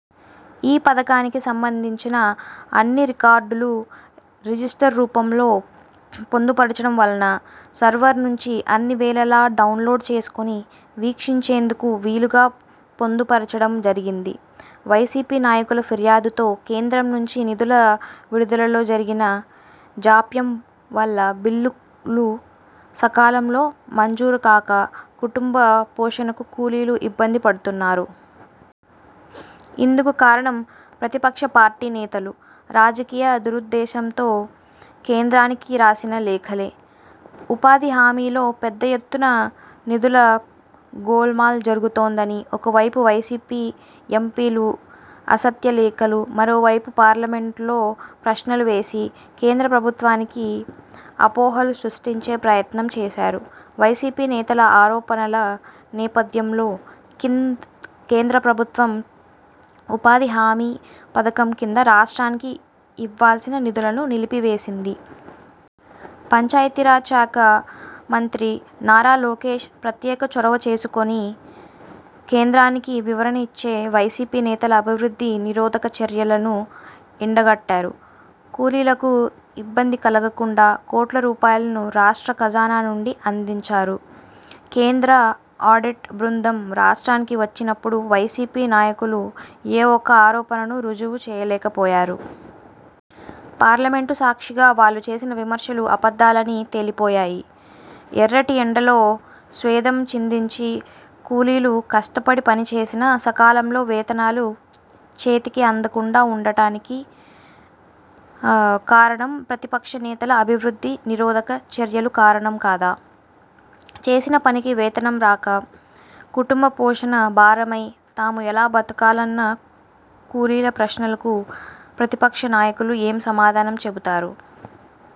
ఈ పథకానికి సంబంధించిన అన్ని రికార్డులు రిజిష్టర్ రూపంలో పొందుపరచటం వలన, సర్వర్ నుంచి అన్ని వేళలా డౌన్లౌడ్ చేసుకొని వీక్షించేందుకు వీలుగా పొందుపరచడం జరిగింది. వైసీపీ నాయకుల ఫిర్యాదుతో కేంద్రం నుంచి నిధుల విడుదలలో జరిగిన జాప్యం వల్ల బిల్లులు సకాలంలో మంజూరుకాక కుటుంబ పోషణకు కూలీలు ఇబ్బంది పడుతున్నారు. ఇందుకు కారణం ప్రతిపక్షపార్టీ నేతలు రాజకీయ దురుద్దేశంతో కేంద్రానికి రాసిన లేఖలే. ఉపాధి హామీలో పెద్ద ఎత్తున నిధుల గోల్మాల్ జరుగుతోందని ఒకవైపు వైసీపీ ఎంపీలు అసత్యలేఖలు, మరోవైపు పార్లమెంటులో ప్రశ్నలు వేసి, కేంద్ర ప్రభుత్వానికి అపోహలు సృష్టించే ప్రయత్నం చేశారు. వైసీపీ నేతల ఆరోపణల నేపథ్యంలో కేంద్ర ప్రభుత్వం ఉపాధి హామీ పథకం కింద రాష్ట్రానికి ఇవ్వాల్సిన నిధులను నిలిపివేసింది. పంచాయతీరాజ్ శాఖ మంత్రి నారా లోకేశ్ ప్రత్యేక చొరవ చేసుకొని కేంద్రానికి వివరణ ఇచ్చి వైసీపీ నేతల అభివృద్ధి నిరోధక చర్యలను ఎండగట్టారు. కూలీలకు ఇబ్బంది కలుగకుండా కోట్ల రూపాయలను రాష్ట్ర ఖజానా నుంచి అందించారు. కేంద్ర ఆడిట్ బృందం రాష్ట్రానికి వచ్చినప్పుడు వైసీపీ నాయకులు ఏ ఒక్క ఆరోపణను రుజువు చేయలేకపోయారు. పార్లమెంటు సాక్షిగా వాళ్లు చేసిన విమర్శలు అబద్ధాలని తేలిపోయాయి. ఎర్రటి ఎండలో స్వేదం చిందించి కూలీలు కష్టపడి పనిచేసినా సకాలంలో వేతనాలు చేతికి అందకుండా ఉండానికి కారణం ప్రతిపక్ష నేతల అభివృద్ధి నిరోధక చర్యలు కారణం కాదా? చేసిన పనికి వేతనం రాక, కుటుంబ పోషణ భారమై, తాము ఎలా బతకాలన్న కూలీల ప్రశ్నలకు ప్రతిపక్ష నాయకులు ఏం సమాధానం చెబుతారు?